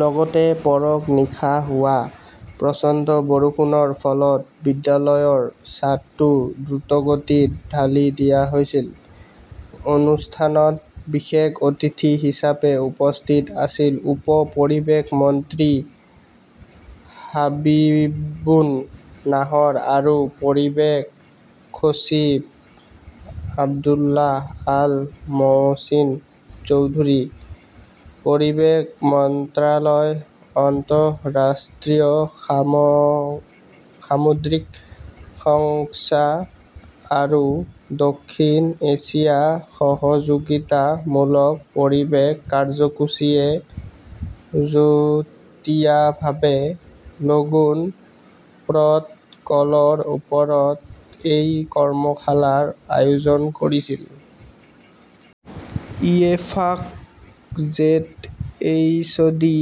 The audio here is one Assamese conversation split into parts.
লগতে পঢ়কঃ নিশা হোৱা প্ৰচণ্ড বৰষুণৰ ফলত বিদ্যালয়ৰ ছাদটো দ্ৰুতগতিত ঢালি দিয়া হৈছিল! অনুষ্ঠানত বিশেষ অতিথি হিচাপে উপস্থিত আছিল উপ পৰিৱেশ মন্ত্ৰী হাবিবুন নাহৰ আৰু পৰিৱেশ সচিব আব্দুল্লাহ আল মোহচিন চৌধুৰী। পৰিৱেশ মন্ত্ৰালয়, আন্তঃৰাষ্ট্ৰীয় সামুদ্ৰিক সংস্থা আৰু দক্ষিণ এছিয়া সহযোগিতামূলক পৰিৱেশ কাৰ্যসূচীয়ে যুটীয়াভাৱে লণ্ডন প্ৰট "কলৰ ওপৰত এই কৰ্মশালাৰ আয়োজন কৰিছিল। ইত্তেফাক/জেডএইচডি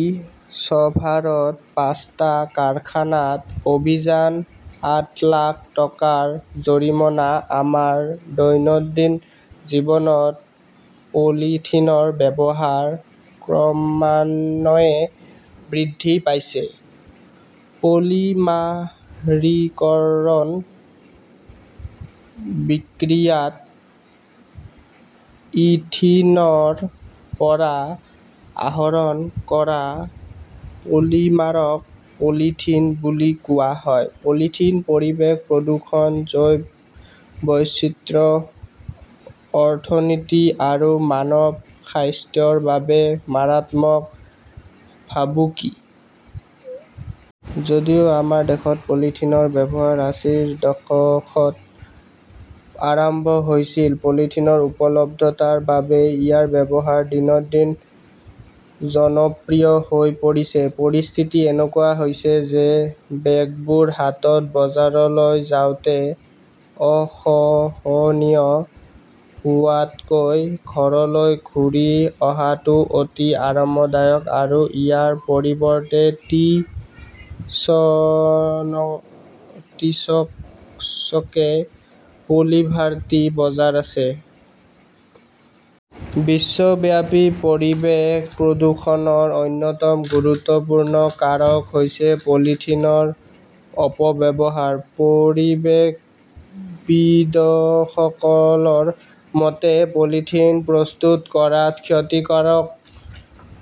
চাভাৰত পাঁচটা কাৰখানাত অভিযান, আঠ লাখ টকাৰ জৰিমনা আমাৰ দৈনন্দিন জীৱনত পলিথিনৰ ব্যৱহাৰ ক্ৰমান্বয়ে বৃদ্ধি পাইছে। পলিমাৰীকৰণ বিক্ৰিয়াত ইথিনৰ পৰা আহৰণ কৰা পলিমাৰক পলিথিন বুলি কোৱা হয়। পলিথিন পৰিৱেশ প্ৰদূষণ, জৈৱ বৈচিত্ৰ্য, অৰ্থনীতি আৰু মানৱ স্বাস্থ্যৰ বাবে মাৰাত্মক ভাবুকি। যদিও আমাৰ দেশত পলিথিনৰ ব্যৱহাৰ আশীৰ দশকত আৰম্ভ হৈছিল, পলিথিনৰ উপলব্ধতাৰ বাবেই ইয়াৰ ব্যৱহাৰ দিন দিন জনপ্ৰিয় হৈ পৰিছে। পৰিস্থিতি এনেকুৱা হৈছে যে বেগবোৰ হাতত বজাৰলৈ যোৱাটো অসহনীয় হোৱাতকৈ ঘৰলৈ ঘূৰি অহাটো অতি আৰামদায়ক আৰু ইয়াৰ পৰিৱৰ্তে টি চকচকে পলিভাৰ্টি বজাৰ আছে। বিশ্বব্যাপী পৰিৱেশ প্ৰদূষণৰ অন্যতম গুৰুত্বপূৰ্ণ কাৰক হৈছে পলিথিনৰ অপব্যৱহাৰ। পৰিৱেশবিদসকলৰ মতে, পলিথিন প্ৰস্তুত কৰাত ক্ষতিকাৰক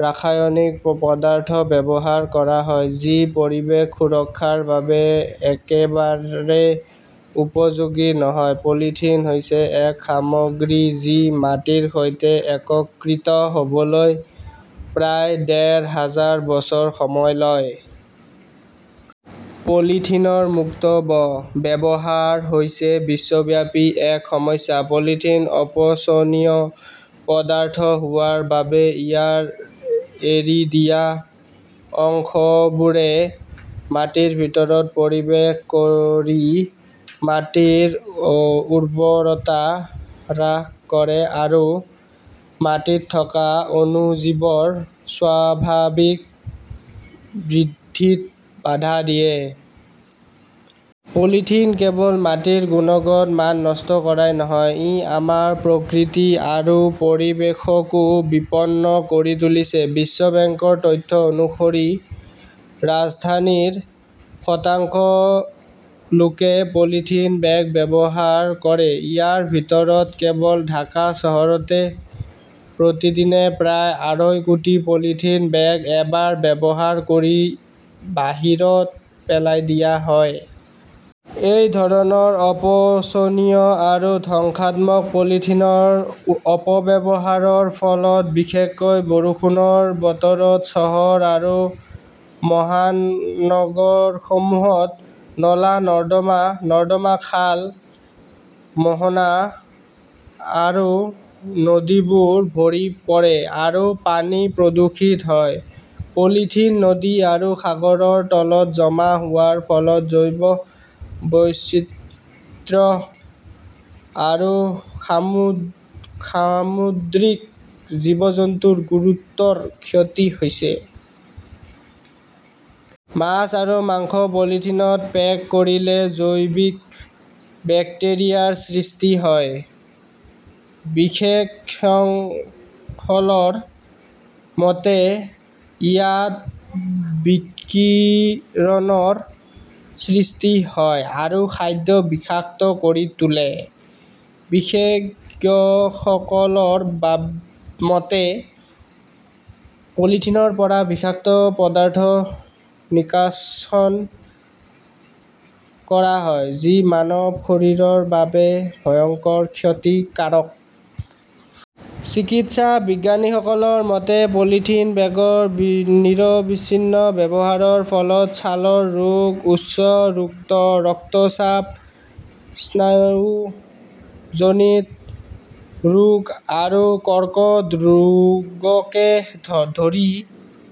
ৰাসায়নিক পদাৰ্থ ব্যৱহাৰ কৰা হয়, যি পৰিৱেশ সুৰক্ষাৰ বাবে একেবাৰে উপযোগী নহয়। পলিথিন হৈছে এক সামগ্ৰী যি মাটিৰ সৈতে একত্ৰিত হ 'বলৈ প্ৰায় ডেৰ হাজাৰ বছৰ সময় লয়। পলিথিনৰ মুক্ত ব? ব্যৱহাৰ হৈছে বিশ্বব্যাপী এক সমস্যা। পলিথিন অপচনীয় পদাৰ্থ হোৱাৰ বাবে ইয়াৰ এৰি দিয়া অংশবোৰে মাটিৰ ভিতৰত প্ৰৱেশ কৰি মাটিৰ উৰ্বৰতা হ্ৰাস কৰে আৰু মাটিত থকা অণুজীৱৰ স্বাভাৱিক বৃদ্ধিত বাধা দিয়ে। পলিথিনে কেৱল মাটিৰ গুণগত মান নষ্ট কৰাই নহয়, ই আমাৰ প্ৰকৃতি আৰু পৰিৱেশকো বিপন্ন কৰি তুলিছে। বিশ্ব বেংকৰ তথ্য অনুসৰি ৰাজধানীৰ শতাংশ লোকে পলিথিন বেগ ব্যৱহাৰ কৰে। ইয়াৰ ভিতৰত কেৱল ঢাকা চহৰতে প্ৰতিদিনে প্ৰায় আঢ়ৈ কোটি পলিথিন বেগ এবাৰ ব্যৱহাৰ কৰি বাহিৰত পেলাই দিয়া হয়। এই ধৰণৰ অপচনীয় আৰু ধ্বংসাত্মক পলিথিনৰ অপব্যৱহাৰৰ ফলত বিশেষকৈ বৰষুণৰ বতৰত চহৰ আৰু মহানগৰসমূহত নলা-নৰ্দমা, নৰ্দমা, খাল, মোহনা আৰু নদীবোৰ ভৰি পৰে আৰু পানী প্ৰদূষিত হয়। পলিথিন নদী আৰু সাগৰৰ তলত জমা হোৱাৰ ফলত জৈৱ বৈচিত্ৰ্য আৰু সামুদ্ৰিক জীৱ-জন্তুৰ গুৰুতৰ ক্ষতি হৈছে। মাছ আৰু মাংস পলিথিনত পেক কৰিলে জৈৱিক বেক্টেৰিয়াৰ সৃষ্টি হয়। বিশেষজ্ঞসকলৰ মতে, ইয়াত বিকিৰণৰ সৃষ্টি হয় আৰু খাদ্য বিষাক্ত কৰি তোলে। বিশেষজ্ঞসকলৰ মতে পলিথিনৰ পৰা বিষাক্ত পদাৰ্থ নিষ্কাশন কৰা হয়, যি মানৱ শৰীৰৰ বাবে ভয়ংকৰ ক্ষতিকাৰক। চিকিৎসা বিজ্ঞানীসকলৰ মতে, পলিথিন বেগৰ নিৰবিচ্ছিন্ন ব্যৱহাৰৰ ফলত ছালৰ ৰোগ, উচ্চ ৰক্তচাপ, স্নায়ুজনিত ৰোগ আৰু কৰ্কট ৰোগকে ধৰি